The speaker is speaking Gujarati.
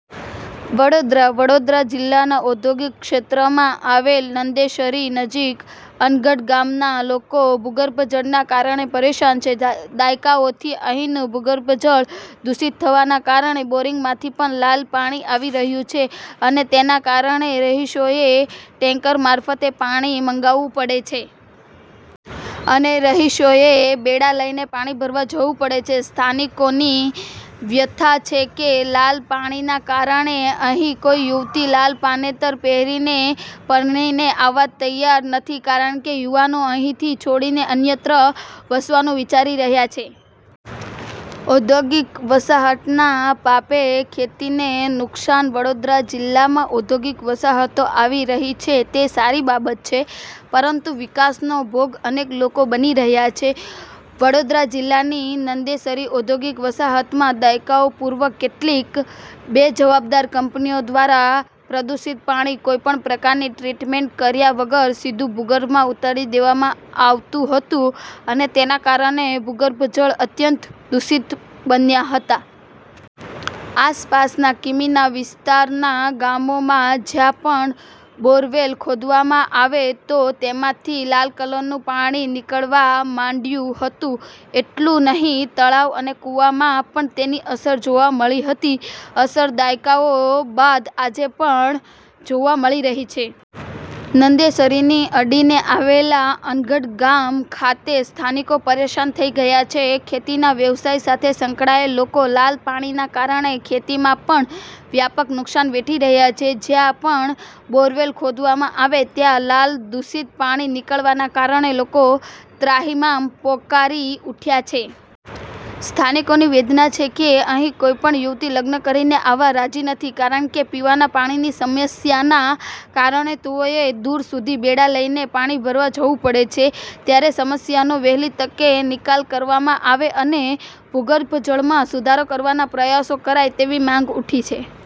વડોદરાઃ વડોદરા જિલ્લાના ઔદ્યોગિક ક્ષેત્રમાં આવેલ નંદેસરી નજીક અનગઢ ગામના લોકો ભૂગર્ભ જળના કારણે પરેશાન છે. દાયકાઓથી અહીંનું ભૂગર્ભ જળ દુષિત થવાના કારણે બોરિંગમાંથી પણ લાલ પાણી આવી રહ્યું છે. અને તેના કારણે રહીશોએ ટેન્કર મારફતે પાણી મંગાવવું પડે છે. અને રહીશોએ બેડા લઈને પાણી ભરવા જવું પડે છે. સ્થાનિકોની વ્યથા છે કે લાલ પાણીના કારણે અહીં કોઈ યુવતી લાલ પાનેતર પહેરીને પરણીને આવવા તૈયાર નથી. કારણે યુવાનો અહીંથી છોડીને અન્યત્ર વસવાનું વિચારી રહ્યા છે. ઔદ્યોગિક વસાહતના પાપે ખેતીને નુકસાન વડોદરા જિલ્લામાં ઔદ્યોગિક વસાહતો આવી રહી છે તે સારી બાબત છે. પરંતુ વિકાસનો ભોગ અનેક લોકો બની રહ્યા છે. વડોદરા જિલ્લાની નંદેસરી ઔદ્યોગિક વસાહતમાં દાયકાઓ પૂર્વે કેટલીક બેજવાબદાર કંપનીઓ દ્વારા પ્રદુષિત પાણી કોઈ પણ પ્રકારની ટ્રીટમેન્ટ કર્યા વગર સુધુ ભૂગર્ભમાં ઉતારી દેવામાં આવતું હતું અને તેના કારણે ભૂગર્ભ જળ અત્યંત દુષિત બન્યા હતા. આસપાસના કિમીના વિસ્તારના ગામોમાં જ્યાં પણ બોરવેલ ખોદવામાં આવે તો તેમાંથી લાલ કલરનું પાણી નીકળવા માંડ્યું હતું. એટલુંનહીં તળાવ અને કુવામાં પણ તેની અસર જોવા મળી હતી. અસર દાયકાઓ બાદ આજે પણ જોવા મળી રહી છે. નંદેસરીને અડીને આવેલા અનગઢ ગામ ખાતે સ્થાનિકો પરેશાન થઇ ગયા છે. ખેતીના વ્યવસાય સાથે સંકળાયેલ લોકો લાલ પાણીના કારણે ખેતીમાં પણ વ્યાપક નુકસાન વેઠી રહ્યા છે. જ્યાં પણ બોરવેલ ખોદવામાં આવે ત્યાં લાલ દુષિત પાણી નીકળવાના કારણે લોકો ત્રાહિમામ પોકારી ઉઠ્યા છે. સ્થાનિકોની વેદના છે કે અહીં કોઈ પણ યુવતી લગ્ન કરીને આવવા રાજી નથી કારણ કે પીવાના પાણીની સમસ્યાના કારણે તેઓએ દૂર સુધી બેડા લઈને પાણી ભરવા જવું પડે છે. ત્યારેસમસ્યાનો વહેલી તકે નિકાલ કરવામાં આવે અને ભૂગર્ભ જળમાં સુધારો કરવાના પ્રયાસો કરાય તેવી માંગ ઉઠી છે.